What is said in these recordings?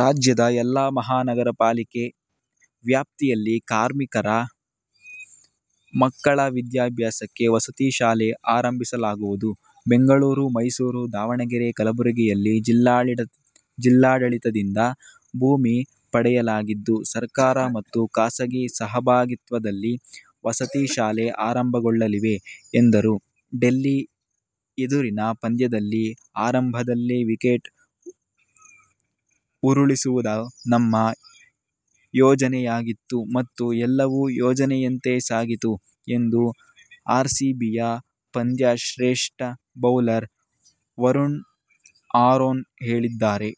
ರಾಜ್ಯದ ಎಲ್ಲ ಮಹಾನಗರ ಪಾಲಿಕೆ ವ್ಯಾಪ್ತಿಯಲ್ಲಿ ಕಾರ್ಮಿಕರ ಮಕ್ಕಳ ವಿದ್ಯಾಭ್ಯಾಸಕ್ಕೆ ವಸತಿ ಶಾಲೆ ಆರಂಭಿಸಲಾಗುವುದು. ಬೆಂಗಳೂರು, ಮೈಸೂರು, ದಾವಣಗೆರೆ, ಕಲಬುರಗಿಯಲ್ಲಿ ಜಿಲ್ಲಾಡಳಿತದಿಂದ ಭೂಮಿ ಪಡೆಯಲಾಗಿದ್ದು, ಸರ್ಕಾರ ಮತ್ತು ಖಾಸಗಿ ಸಹಭಾಗಿತ್ವದಲ್ಲಿ ವಸತಿ ಶಾಲೆ ಆರಂಭಗೊಳ್ಳಲಿವೆ ಎಂದರು. ಡೆಲ್ಲಿ ಎದುರಿನ ಪಂದ್ಯದಲ್ಲಿ ಆರಂಭದಲ್ಲೇ ವಿಕೆಟ್ ಉರುಳಿಸುವುದು ನಮ್ಮ ಯೋಜನೆಯಾಗಿತ್ತು, ಮತ್ತು ಎಲ್ಲವೂ ಯೋಜನೆಯಂತೆ ಸಾಗಿತು ಎಂದು ಆರ್ಸಿಬಿಯ ಪಂದ್ಯಶ್ರೇಷ್ಠ ಬೌಲರ್ ವರುಣ್ ಆರೋನ್ ಹೇಳಿದ್ದಾರೆ.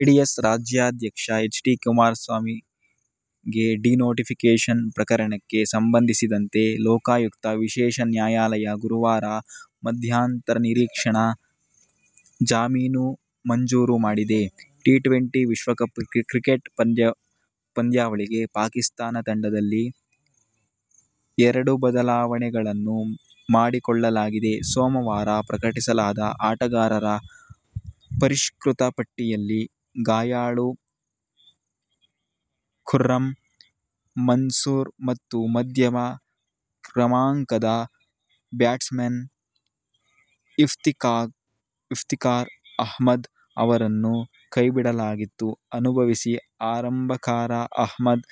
ಜೆಡಿಎಸ್ ರಾಜ್ಯಾಧ್ಯಕ್ಷ ಎಚ್. ಡಿ. ಕುಮಾರಸ್ವಾಮಿಗೆ ಡಿನೋಟಿಫಿಕೇಶನ್ ಪ್ರಕರಣಕ್ಕೆ ಸಂಬಂಧಿಸಿದಂತೆ ಲೋಕಾಯುಕ್ತ ವಿಶೇಷ ನ್ಯಾಯಾಲಯ ಗುರುವಾರ ಮಧ್ಯಂತರ ನಿರೀಕ್ಷಣಾ ಜಾಮೀನು ಮಂಜೂರು ಮಾಡಿದೆ. ಟಿ-ಟ್ವೆಂಟಿ ವಿಶ್ವಕಪ್ ಕ್ರಿಕೆಟ್ ಪಂದ್ಯಾವಳಿಗೆ ಪಾಕಿಸ್ತಾನ ತಂಡದಲ್ಲಿ ಎರಡುಬದಲಾವಣೆಗಳನ್ನು ಮಾಡಿಕೊಳ್ಳಲಾಗಿದೆ. ಸೋಮವಾರ ಪ್ರಕಟಿಸಲಾದ ಆಟಗಾರರ ಪರಿಷ್ಕೃತ ಪಟ್ಟಿಯಲ್ಲಿ ಗಾಯಾಳು ಖುರ್ರಂ ಮನ್ಸೂರ್ ಮತ್ತು ಮಧ್ಯಮ ಕ್ರಮಾಂಕದ ಬ್ಯಾಟ್ಸ್ಮನ್ ಇಫ್ತಿಕಾರ್ ಅಹ್ಮದ್ ಅವರನ್ನು ಕೈಬಿಡಲಾಗಿದ್ದು, ಅನುಭವಿ ಆರಂಭಕಾರ ಅಹ್ಮದ್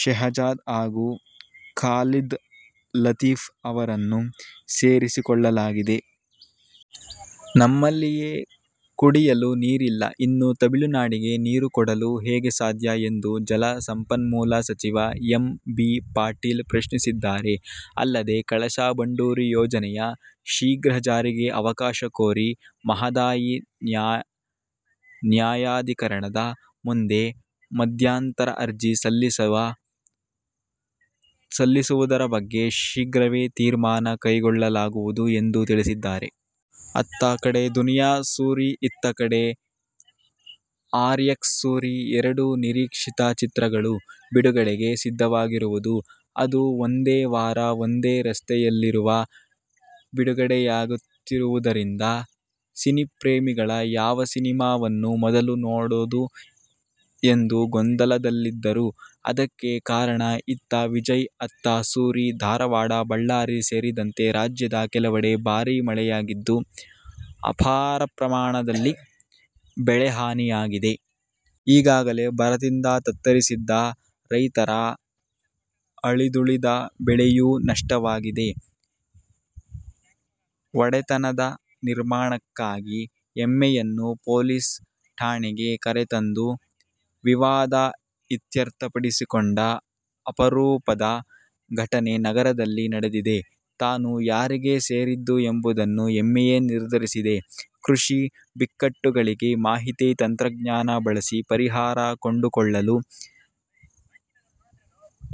ಶೆಹಜಾದ್ ಹಾಗೂ ಖಾಲಿದ್ ಲತೀಫ್ ಅವರನ್ನು ಸೇರಿಸಿಕೊಳ್ಳಲಾಗಿದೆ. ನಮ್ಮಲ್ಲಿಯೇ ಕುಡಿಯಲು ನೀರಿಲ್ಲ. ಇನ್ನು ತಮಿಳುನಾಡಿಗೆ ನೀರು ಕೊಡಲು ಹೇಗೆ ಸಾಧ್ಯ ಎಂದು ಜಲ ಸಂಪನ್ಮೂಲ ಸಚಿವ ಎಂ. ಬಿ. ಪಾಟೀಲ್ ಪ್ರಶ್ನಿಸಿದ್ದಾರೆ. ಅಲ್ಲದೆ, ಕಳಸಾ ಬಂಡೂರಿ ಯೋಜನೆಯ ಶೀಘ್ರ ಜಾರಿಗೆ ಅವಕಾಶ ಕೋರಿ ಮಹದಾಯಿ ನ್ಯಾಯಾಧಿಕರಣದ ಮುಂದೆ ಮಧ್ಯಂತರ ಅರ್ಜಿ ಸಲ್ಲಿಸುವು ದರ ಬಗ್ಗೆ ಶೀಘ್ರವೇ ತೀರ್ಮಾನ ಕೈಗೊಳ್ಳಲಾಗುವುದು ಎಂದು ತಿಳಿಸಿದ್ದಾರೆ. ಅತ್ತ ಕಡೆ ದುನಿಯಾ ಸೂರಿ, ಇತ್ತ ಕಡೆ ಆರ್ಎಕ್ಸ್ ಸೂರಿ ಎರಡೂ ನಿರೀಕ್ಷಿತ ಚಿತ್ರಗಳು ಬಿಡುಗಡೆಗೆ ಸಿದ್ಧವಾಗಿದ್ದವು. ಅದು ಒಂದೇ ವಾರ, ಒಂದೇ ರಸ್ತೆಯಲ್ಲಿರುವ ಬಿಡುಗಡೆಯಾಗುತ್ತಿರುವುದರಿಂದ ಸಿನಿಪ್ರೇಮಿಗಳು ಯಾವ ಸಿನಿಮಾವನ್ನು ಮೊದಲು ನೋಡೋದು ಎಂಬ ಗೊಂದಲದಲ್ಲಿದ್ದರು. ಅದಕ್ಕೆ ಕಾರಣ ಇತ್ತ ವಿಜಯ್ ಅತ್ತ ಸೂರಿ. ಧಾರವಾಡ, ಬಳ್ಳಾರಿ ಸೇರಿದಂತೆ ರಾಜ್ಯದ ಕೆಲವೆಡೆ ಭಾರಿ ಮಳೆಯಾಗಿದ್ದು, ಅಪಾರ ಪ್ರಮಾಣದಲ್ಲಿ ಬೆಳೆ ಹಾನಿಯಾಗಿದೆ. ಈಗಾಗಲೇ ಬರದಿಂದ ತತ್ತರಿಸಿದ್ದ ರೈತರ ಅಳಿದುಳಿದ ಬೆಳೆಯೂ ನಷ್ಟವಾಗಿದೆ. ಒಡೆತನದ ನಿರ್ಣಯಕ್ಕಾಗಿ ಎಮ್ಮೆಯನ್ನು ಪೊಲೀಸ್ ಠಾಣೆಗೆ ಕರೆತಂದು ವಿವಾದ ಇತ್ಯರ್ಥಪಡಿಸಿಕೊಂಡ ಅಪರೂಪದ ಘಟನೆ ನಗರದಲ್ಲಿ ನಡೆದಿದೆ. ತಾನು ಯಾರಿಗೆ ಸೇರಿದ್ದು ಎಂಬುದನ್ನು ಎಮ್ಮೆಯೇ ನಿರ್ಧರಿಸಿದೆ ಕೃಷಿ ಬಿಕ್ಕಟ್ಟುಗಳಿಗೆ ಮಾಹಿತಿ ತಂತ್ರಜ್ಞಾನ ಬಳಸಿ ಪರಿಹಾರ ಕಂಡುಕೊಳ್ಳಲು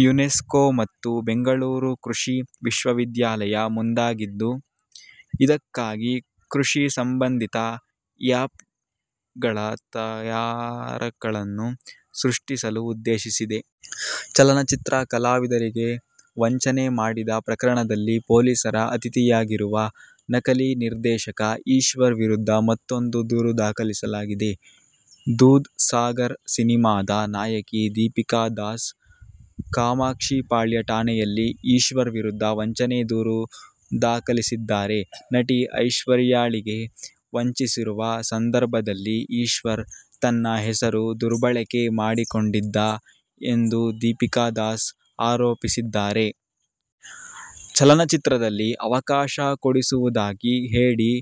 ಯುನೆಸ್ಕೊ ಮತ್ತು ಬೆಂಗಳೂರು ಕೃಷಿ ವಿಶ್ವವಿದ್ಯಾಲಯ ಮುಂದಾಗಿದ್ದು, ಇದಕ್ಕಾಗಿ ಕೃಷಿ ಸಂಬಂಧಿತ ಆ್ಯಪ್ಗ್ಳ ತಯಾರಕರನ್ನು ಸೃಷ್ಟಿಸಲು ಉದ್ದೇಶಿಸಿವೆ. ಚಲನಚಿತ್ರ ಕಲಾವಿದರಿಗೆ ವಂಚನೆ ಮಾಡಿದ ಪ್ರಕರಣದಲ್ಲಿ ಪೊಲೀಸರ ಅತಿಥಿಯಾಗಿರುವ ನಕಲಿ ನಿರ್ದೇಶಕ ಈಶ್ವರ್ ವಿರುದ್ಧ ಮತ್ತೂಂದು ದೂರು ದಾಖಲಾಗಿದೆ. ದೂದ್ ಸಾಗರ್ ಸಿನಿಮಾದ ನಾಯಕಿ ದೀಪಿಕಾ ದಾಸ್ ಕಾಮಾಕ್ಷಿಪಾಳ್ಯ ಠಾಣೆಯಲ್ಲಿ ಈಶ್ವರ್ ವಿರುದ್ಧ ವಂಚನೆ ದೂರು ದಾಖಲಿಸಿದ್ದಾರೆ. ನಟಿ ಐಶ್ವರ್ಯಳಿಗೆ ವಂಚಿಸುವ ಸಂದರ್ಭದಲ್ಲಿ ಈಶ್ವರ್ ತನ್ನ ಹೆಸರು ದುರ್ಬಳಕೆ ಮಾಡಿಕೊಂಡಿದ್ದ ಎಂದು ದೀಪಿಕಾ ದಾಸ್ ಆರೋಪಿಸಿದ್ದಾರೆ. ಚಲನಚಿತ್ರದಲ್ಲಿ ಅವಕಾಶ ಕೊಡಿಸುವುದಾಗಿ ಹೇಳಿ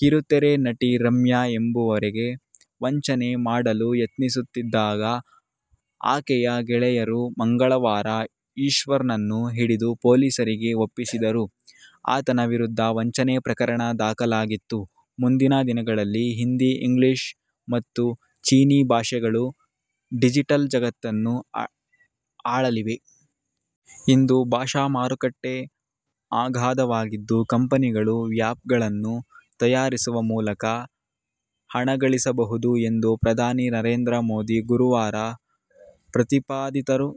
ಕಿರುತೆರೆ ನಟಿ ರಮ್ಯಾ ಎಂಬುವರಿಗೆ ವಂಚನೆ ಮಾಡಲು ಯತ್ನಿಸುತ್ತಿದ್ದಾಗ ಆಕೆಯ ಗೆಳೆಯರು ಮಂಗಳವಾರ ಈಶ್ವರ್ನನ್ನು ಹಿಡಿದು ಪೊಲೀಸರಿಗೆ ಒಪ್ಪಿಸಿದ್ದರು. ಆತನ ವಿರುದ್ಧ ವಂಚನೆ ಪ್ರಕರಣ ದಾಖಲಾಗಿತ್ತು. ಮುಂದಿನ ದಿನಗಳಲ್ಲಿ ಹಿಂದಿ, ಇಂಗ್ಲಿಷ್ ಮತ್ತು ಚೀನೀ ಭಾಷೆಗಳು ಡಿಜಿಟಲ್ ಜಗತ್ತನ್ನು ಆಳಲಿವೆ. ಇಂದು ಭಾಷಾ ಮಾರುಕಟ್ಟೆ ಅಗಾಧವಾಗಿದ್ದು, ಕಂಪನಿಗಳು ಆ್ಯಪ್ಗ್ಳನ್ನು ತಯಾರಿಸುವ ಮೂಲಕ ಹಣಗಳಿಸಬಹುದು ಎಂದು ಪ್ರಧಾನಿ ನರೇಂದ್ರ ಮೋದಿ ಗುರುವಾರ ಪ್ರತಿಪಾದಿದರು.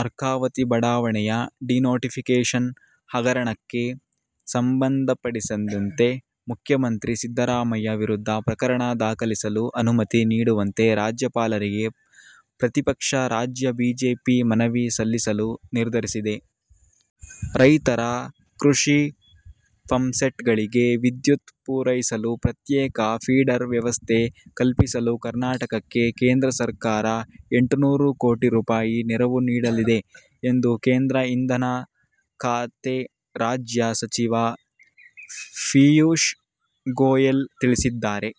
ಅರ್ಕಾವತಿ ಬಡಾವಣೆಯ ಡಿನೋಟಿಫಿಕೇಶನ್ ಹಗರಣಕ್ಕೆ ಸಂಬಂಧಿಸಿದಂತೆ ಮುಖ್ಯಮಂತ್ರಿ ಸಿದ್ದರಾಮಯ್ಯ ವಿರುದ್ಧ ಪ್ರಕರಣ ದಾಖಲಿಸಲು ಅನುಮತಿ ನೀಡುವಂತೆ ರಾಜ್ಯಪಾಲರಿಗೆ ಪ್ರತಿಪಕ್ಷ ರಾಜ್ಯ ಬಿಜೆಪಿ ಮನವಿ ಸಲ್ಲಿಸಲು ನಿರ್ಧರಿಸಿದೆ. ರೈತರ ಕೃಷಿ ಪಂಪ್ಸೆಟ್ಗಳಿಗೆ ವಿದ್ಯುತ್ ಪೂರೈಸಲು ಪ್ರತ್ಯೇಕ ಫೀಡರ್ ವ್ಯವಸ್ಥೆ ಕಲ್ಪಿಸಲು ಕರ್ನಾಟಕಕ್ಕೆ ಕೇಂದ್ರ ಸರ್ಕಾರ ಎಂಟುನೂರು ಕೋಟಿ ರೂಪಾಯಿ ನೆರವು ನೀಡಲಿದೆ ಎಂದು ಕೇಂದ್ರ ಇಂಧನ ಖಾತೆ ರಾಜ್ಯ ಸಚಿವ ಪೀಯೂಶ್ ಗೋಯೆಲ್ ತಿಳಿಸಿದ್ದಾರೆ.